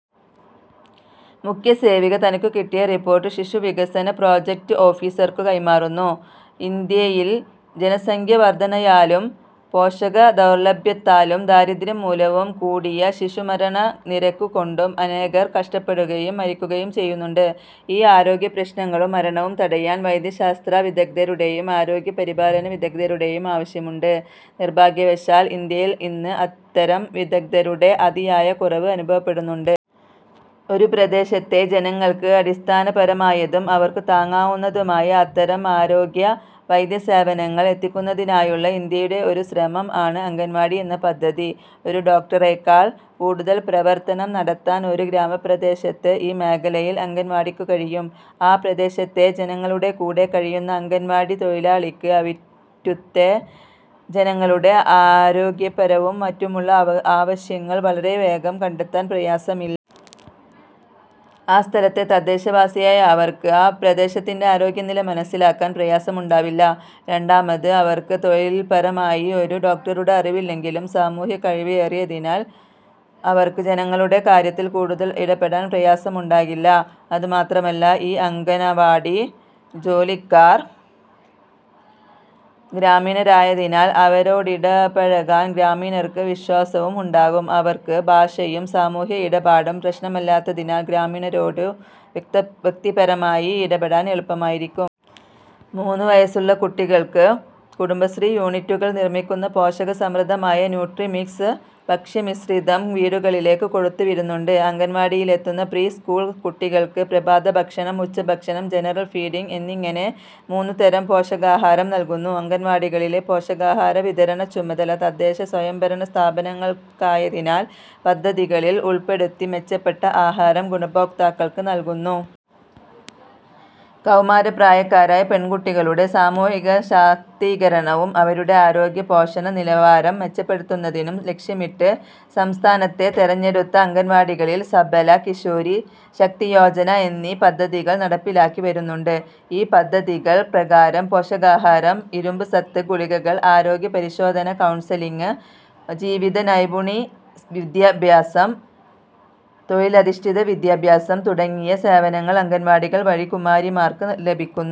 മുഖ്യസേവിക തനിക്കുകിട്ടിയ റിപ്പോർട്ട് ശിശുവികസന പ്രൊജക്റ്റ് ഓഫീസർക്കു കൈമാറുന്നു. ഇന്ത്യയിൽ ജനസംഖ്യവർദ്ധനയാലും പോഷകദൗർലഭ്യത്താലും ദാരിദ്ര്യം മൂലവും കൂടിയ ശിശുമരണനിരക്കുകൊണ്ടും അനേകർ കഷ്ടപ്പെടുകയും മരിക്കുകയും ചെയ്യുന്നുണ്ട്. ഈ ആരോഗ്യപ്രശ്നങ്ങളും മരണവും തടയാൻ വൈദ്യശാസ്ത്രവിദഗ്ദ്ധരുടെയും ആരോഗ്യപരിപാലന വിദഗ്ദ്ധരുടെയും ആവശ്യമുണ്ട്. നിർഭാഗ്യവശാൽ, ഇന്ത്യയിൽ ഇന്ന് അത്തരം വിദഗ്ദ്ധരുടെ അതിയായ കുറവ് അനുഭവപ്പെടുന്നുണ്ട്. ഒരു പ്രദേശത്തെ ജനങ്ങൾക്ക് അടിസ്ഥാനപരമായതും അവർക്കു താങ്ങാവുന്നതുമായ അത്തരം ആരോഗ്യ വൈദ്യസേവനങ്ങൾ എത്തിക്കുന്നതിനായുള്ള ഇന്ത്യയുടെ ഒരു ശ്രമം ആണ് അംഗൻവാടി എന്ന പദ്ധതി. ഒരു ഡോക്ടറേക്കാൾ കൂടുതൽ പ്രവർത്തനം നടത്താൻ ഒരു ഗ്രാമപ്രദേശത്ത് ഈ മേഖലയിൽ അംഗൻവാടിക്കു കഴിയും. ആ പ്രദേശത്തെ ജനങ്ങളുടെ കൂടെ കഴിയുന്ന അംഗൻവാടി തൊഴിലാളിക്ക് അവിറ്റുത്തെ ജനങ്ങളുടെ ആരോഗ്യപരവും മറ്റുമുള്ള ആവശ്യങ്ങൾ വളരെവേഗം കണ്ടെത്താൻ പ്രയാസമില്ല. ആ സ്ഥലത്തെ തദ്ദേശവാസിയായ അവർക്ക് ആ പ്രദേശത്തിന്റെ ആരോഗ്യനില മനസ്സിലാക്കാൻ പ്രയാസമുണ്ടാവില്ല. രണ്ടാമത്, അവർക്ക് തൊഴില്പരമായി ഒരു ഡോക്ടറുടെ അറിവില്ലെങ്കിലും സാമൂഹ്യകഴിവ് ഏറിയതിനാൽ അവർക്ക് ജനങ്ങളുടെ കാര്യത്തിൽ കൂടുതൽ ഇടപെടാൻ പ്രയാസമുണ്ടാകില്ല. അതുമാത്രമല്ല ഈ അംഗന്വാടി ജോലിക്കാർ ഗ്രാമീണരായതിനാൽ അവരോടിടപഴകാൻ ഗ്രാമീണർക്ക് വിശ്വാസവും ഉണ്ടാകും. അവർക്ക് ഭാഷയും സാമൂഹ്യ ഇടപാടും പ്രശ്നമല്ലാത്തതിനാൽ ഗ്രാമീണരോടു വ്യക്തിപരമായി ഇടപെടാൻ എളുപ്പമായിരിക്കും. മൂന്നു വയസ്സുള്ള കുട്ടികൾക്ക് കുടുംബശ്രീ യൂണിറ്റുകൾ നിർമ്മിക്കുന്ന പോഷക സമൃദ്ധമായ 'ന്യൂട്രിമിക്സ്' ഭക്ഷ്യമിശ്രിതം വീടുകളിലേക്ക് കൊടുത്തുവിടുന്നുണ്ട്. അംഗൻവാടിയിലെത്തുന്ന പ്രീ സ്കൂൾ കുട്ടികൾക്ക് പ്രഭാതഭക്ഷണം, ഉച്ചഭക്ഷണം, ജനറൽ ഫീഡിംഗ് എന്നിങ്ങനെ മൂന്നുതരം പോഷകാഹാരം നൽകുന്നു. അംഗൻവാടികളിലെ പോഷകാഹാര വിതരണച്ചുമതല തദ്ദേശ സ്വയംഭരണ സ്ഥാപനങ്ങൾക്കായതിനാൽ പദ്ധതികളിൽ ഉൾപ്പെടുത്തി മെച്ചപ്പെട്ട ആഹാരം ഗുണഭോക്താക്കൾക്ക് നൽകുന്നു. കൗമാരപ്രായക്കാരായ പെൺകുട്ടികളുടെ സാമൂഹിക ശാക്തീകരണവും, അവരുടെ ആരോഗ്യ പോഷണ നിലവാരം മെച്ചപ്പെടുത്തുന്നതിനും ലക്ഷ്യമിട്ട്, സംസ്ഥാനത്തെ തെരഞ്ഞെടുത്ത അംഗൻവാടികളിൽ, 'സബല' 'കിഷോരി ശക്തിയോജന' എന്നീ പദ്ധതികൾ നടപ്പിലാക്കി വരുന്നുണ്ട്. ഈ പദ്ധതികൾ പ്രകാരം, പോഷകാഹാരം, ഇരുമ്പ് സത്ത് ഗുളികകൾ, ആരോഗ്യ പരിശോധന, കൗൺസലിംഗ്, ജീവിത നൈപുണി വിദ്യാഭ്യാസം, തൊഴിലിധഷ്ഠിത വിദ്യാഭ്യാസം തുടങ്ങിയ സേവനങ്ങൾ അംഗൻവാടികൾ വഴി കുമാരിമാർക്ക് ലഭിക്കുന്നു.